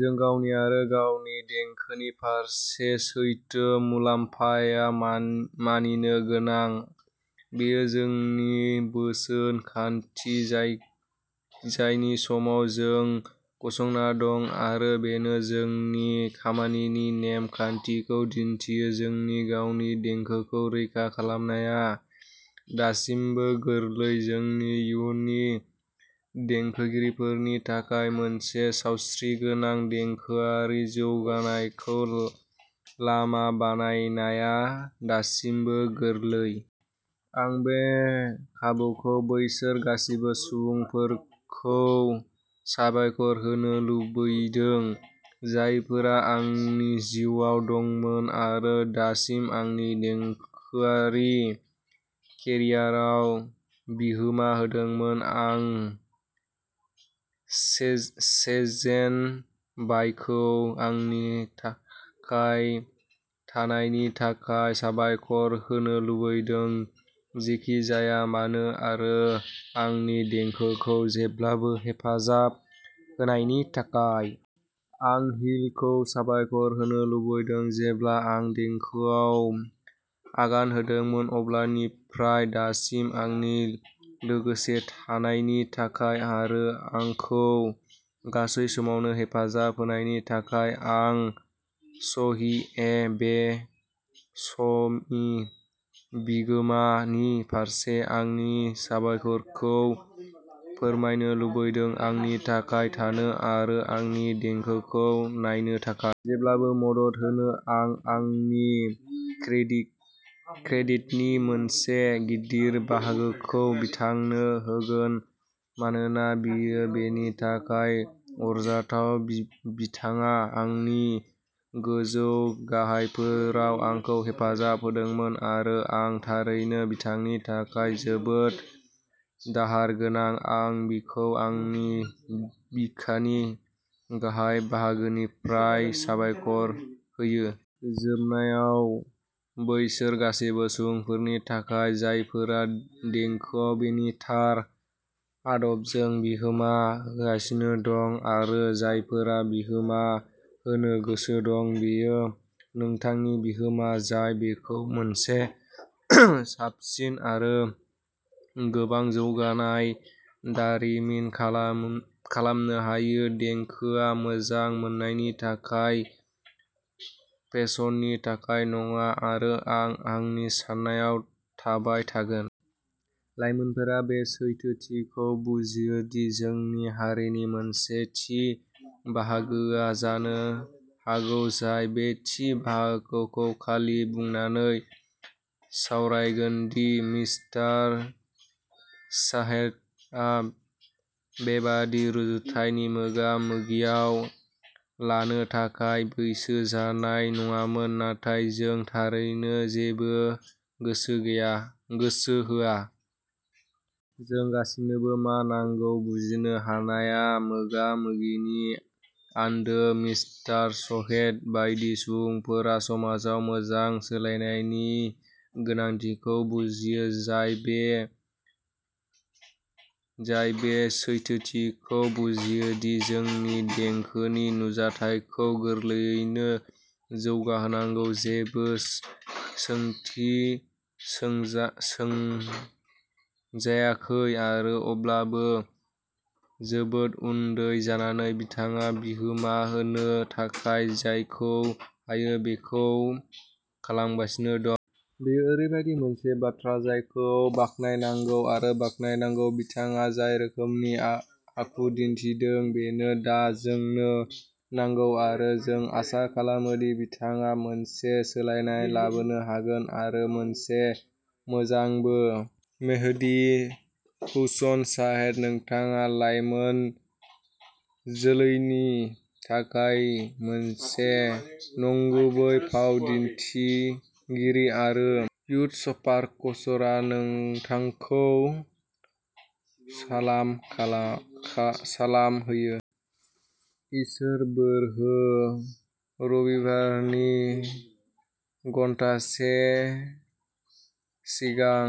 जों गावनि आरो गावनि देंखोनि फारसे सैथो, मुलाम्फाया मानिनो गोनां। बेयो जोंनि बोसोन खान्थि जायनि समाव जों गसंना दं, आरो बेनो जोंनि खामानिनि नेम-खान्थिखौ दिन्थियो। जोंनि गावनि देंखोखौ रैखा खालामनाया दासिमबो गोरलै। जोंनि इयुननि देंखोगिरिफोरनि थाखाय मोनसे सावस्रिगोनां देंखोआरि जौगानायखौ लामा बानायनाया दासिमबो गोरलै। आं बे खाबुखौ बैसोर गासिबो सुबुंफोरखौ साबायखर होनो लुबैदों, जायफोरा आंनि जिउआव दंमोन आरो दासिम आंनि देंखोआरि केरियारआव बिहोमा होदोंमोन। आं सेजेन भाइखौ आंनि थाखाय थानायनि थाखाय साबायखर होनो लुबैदों, जेखि जाया मानो आरो आंनि देंखोखौ जेब्लाबो हेफाजाब होनायनि थाखाय। आं "हील" खौ साबायखर होनो लुबैदों, जेब्ला आं देंखोआव आगान होदोंमोन अब्लानिफ्राय दासिम आंनि लोगोसे थानायनि थाखाय आरो आंखौ गासै समावनो हेफाजाब होनायनि थाखाय। आं सही ए. बे. समी, बिगोमा नि फारसे आंनि साबायखरखौ फोरमायनो लुबैदों, आंनि थाखाय थानो आरो आंनि देंखोखौ नायनो थाखाय। जेब्लाबो मदद होनो। आं आंनि क्रेडिट क्रेडिटनि मोनसे गिदिर बाहागोखौ बिथांनो होगोन मानोना बियो बेनि थाखाय अरजाथाव। बिथाङा आंनि गोजौ-गाहायफोराव आंखौ हेफाजाब होदोंमोन आरो आं थारैनो बिथांनि थाखाय जोबोद दाहार गोनां। आं बिखौ आंनि बिखानि गाहाय बाहागोनिफ्राय साबायखर होयो। जोबनायाव, बैसोर गासैबो सुबुंफोरनि थाखाय जायफोरा देंखोआव बेनि थार आदबजों बिहोमा होगासिनो दं आरो जायफोरा बिहोमा होनो गोसो दं, बेयो नोंथांनि बिहोमा जाय बेखौ मोनसे साबसिन आरो गोबां जौगानाय दारिमिन खालामनो हायो। देंखोआ मोजां मोननायनि थाखाय, फेसननि थाखाय नङा आरो आं आंनि साननायाव थाबाय थागोन। लाइमोनफोरा बे सैथोथिखौ बुजियो दि जोंनि हारिनि मोनसे थि बाहागोआ जानो हागौ जाय बे थि बाहागोखौ खालि बुंनानै सावरायगोन दि मिस्टार शाहेदआ बेबादि रुजुथायनि मोगा-मोगियाव लानो थाखाय बैसो जानाय नङामोन, नाथाय, जों थारैनो जेबो गोसो गैया गोसो होआ। जों गासिबोनो मा नांगौ। बुजिनो हानाया मोगा मोगिनि आन्दो। मिस्टार शहेद बायदि सुबुंफोरा समाजाव मोजां सोलायनायनि गोनांथिखौ बुजियो, जाय बे सैथोथिखौ बुजियो दि जोंनि देंखोनि नुथायखौ गोरलैयैनो जौगाहोनांगौ, जेबो सोंथि सोंजायाखै आरो अब्लाबो जोबोद उन्दै जानानै, बिथाङा बिहोमा होनो थाखाय जायखौ हायो बेखौ खालामगासिनो दं। बेयो ओरैबायदि मोनसे बाथ्रा जायखौ बाख्नायनांगौ आरो बाख्नायनांगौ। बिथाङा जाय रोखोमनि आखु दिन्थिदों, बेनो दा जोंनो नांगौ आरो जों आसा खालामो दि बिथाङा मोनसे सोलायनाय लाबोनो हागोन-आरो मोनसे मोजांबो। मेहदी हुसन शाहेद, नोंथाङा लाइमोन जोलैनि थाखाय मोनसे नंगुबै फाव दिन्थिगिरि आरो युथस्पार्क्सआ नोंथांखौ सालाम खालाम सालाम होयो। इसोर बोर हो। रबिबारनि घन्टासे सिगां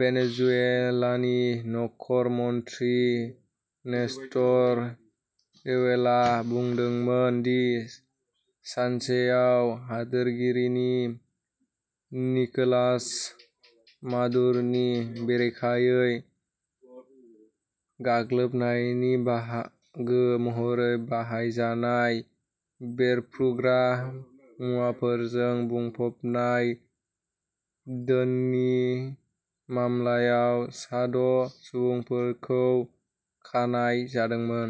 भेनेजुएलानि नखर मन्थ्रि नेस्टर रेवेरलआ बुंदोंमोन दि सानसेआव हादोरगिरि निकोलास मादुर'नि बेरेखायै गाग्लोबनायनि बाहागो महरै बाहायजानाय बेरफ्रुग्रा मुवाफोरजों बुंफबनाय डोननि मामलायाव सा द'सुबुंफोरखौ खानाय जादोंमोन।